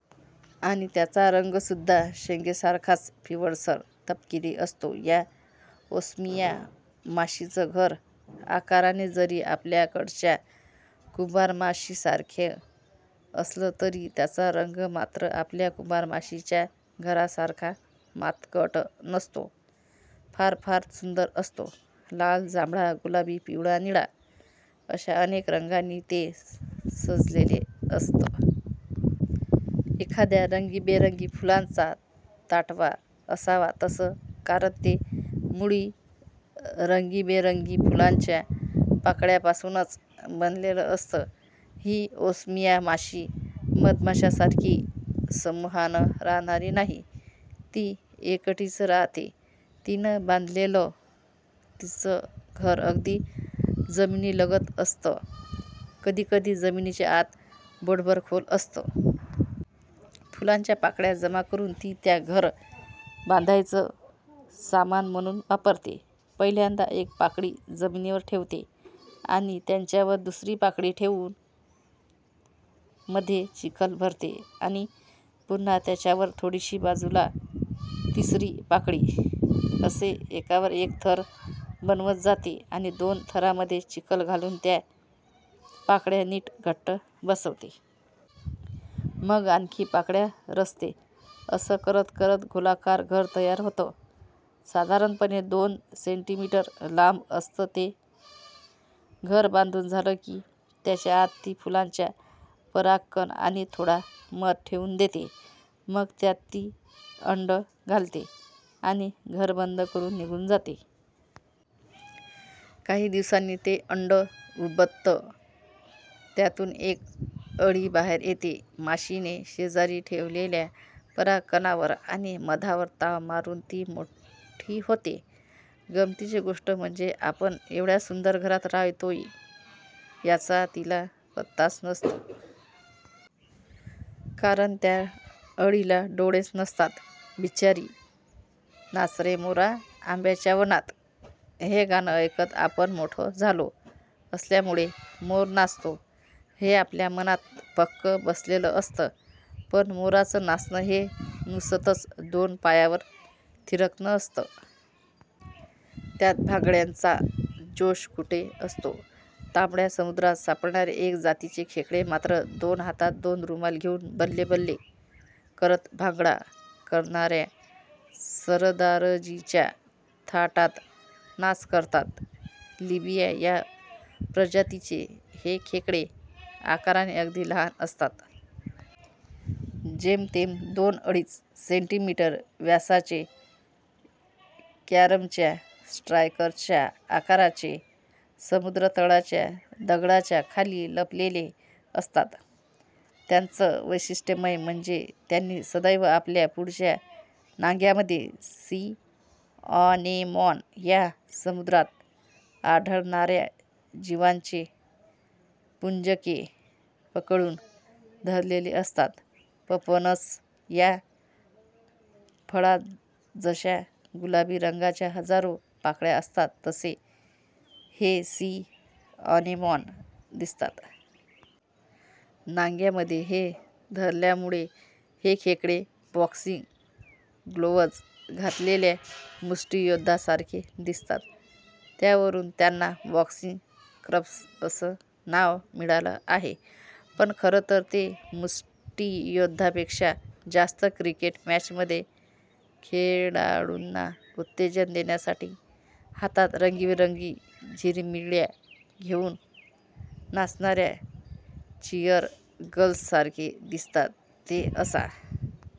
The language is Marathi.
आणि त्याचा रंगसुद्धा शेंगेसारखाच पिवळसर तपकिरी असतो. या ओस्मिया माशीचं घर आकाराने जरी आपल्याकडच्या कुंभारमाशीसारखं असलं तरी त्याचा रंग मात्र आपल्या कुंभारमाशीच्या घरासारखा मातकट नसतो. फार फार सुंदर असतो. लाल, जांभळा, गुलाबी, पिवळा, निळा अशा अनेक रंगांनी ते सजलेलं असतं! एखाद्या रंगीबेरंगी फुलांचा ताटवा असावा तसं. कारण ते मुळी रंगीबेरंगी फुलांच्या पाकळ्यांपासूनच बनवलेलं असतं. ही ओस्मिया माशी मधमाशांसारखी समूहानं राहणारी नाही, ती एकटीच राहते. तिनं बांधलेलं तिचं घर अगदी जमिनीलगत असतं. कधीकधी जमिनीच्या आत बोटभर खोल असतं. फुलांच्या पाकळ्या जमा करुन ती त्या घर बांधायचं सामान म्हणून वापरते. पहिल्यांदा एक पाकळी जमिनीवर ठेवते आणि त्याच्यावर दुसरी पाकळी ठेवून मध्ये चिखल भरते आणि पुन्हा त्याच्यावर थोडीशी बाजूला तिसरी पाकळी. असे एकावर एक थर बनवत जाते आणि दोन थरांमध्ये चिखल घालून त्या पाकळ्या नीट घट्ट बसवते. मग आणखी पाकळ्या रचते. असं करत करत गोलाकार घर तयार होतं. साधारणपणे दोन सेंटीमीटर लांब असतं ते. घर बांधून झालं की त्याच्या आत ती फुलांचे परागकण आणि थोडा मध ठेवून देते. मग त्यात ती अंडं घालते आणि घर बंद करून निघून जाते. काही दिवसांनी ते अंडं उबतं. त्यातून एक अळी बाहेर येते. माशीने शेजारी ठेवलेल्या परागकणांवर आणि मधावर ताव मारून ती मोठी होते. गमतीची गोष्ट म्हणजे आपण एवढ्या सुंदर घरात राहतोय याचा तिला पत्ताच नसतो. कारण त्या अळीला डोळेच नसतात. बिचारी! '"नाच रे मोरा आंब्याच्या वनात"' हे गाणं ऐकत आपण मोठे झालो असल्यामुळे, मोर नाचतो, हे आपल्या मनात पक्कं बसलेलं असतं. पण मोराचं नाचणं हे नुसतंच दोन पायांवर थिरकणं असतं. त्यात भांगड्याचा जोश कुठे असतो? तांबड्या समुद्रात सापडणारे एका जातीचे खेकडे मात्र दोन हातात दोन रुमाल घेऊन 'बल्ले-बल्ले' करत भांगडा करणार्या सरदारजीच्या थाटात नाच करतात. लिबिया या प्रजातीचे हे खेकडे आकाराने अगदी लहान असतात. जेमतेम दोन-अडीच सेंटीमीटर व्यासाचे. कॅरमच्या स्ट्रायकरच्या आकाराचे. समुद्रतळाच्या दगडांच्या खाली लपलेले असतात. त्यांचं वैशिष्टय़ म्हणजे त्यांनी सदैव आपल्या पुढच्या नांग्यांमधे 'सी अॅनेमॉन' या समुद्रात आढळणार्या जीवांचे पुंजके पकडून धरलेले असतात. पपनस या फळात जशा गुलाबी रंगाच्या हजारो पाकळ्या असतात तसे हे 'सी अॅनेमॉन' दिसतात. नांग्यांमध्ये हे धरल्यामुळे हे खेकडे बॉक्सिंग ग्लोव्ज घातलेल्या मुष्टीयोद्ध्यासारखे दिसतात. त्यावरून त्यांना 'बॉक्सिंग क्रब्स' असं नाव मिळालं आहे. पण खरं तर ते मुष्टीयोद्ध्यापेक्षा जास्त क्रिकेट मॅचमध्ये, खेळाडूंना उत्तेजन देण्यासाठी हातात रंगीबेरंगी झिरमिळ्या घेऊन नाचणार्या चिअरगर्ल्ससारखे दिसतात. ते असा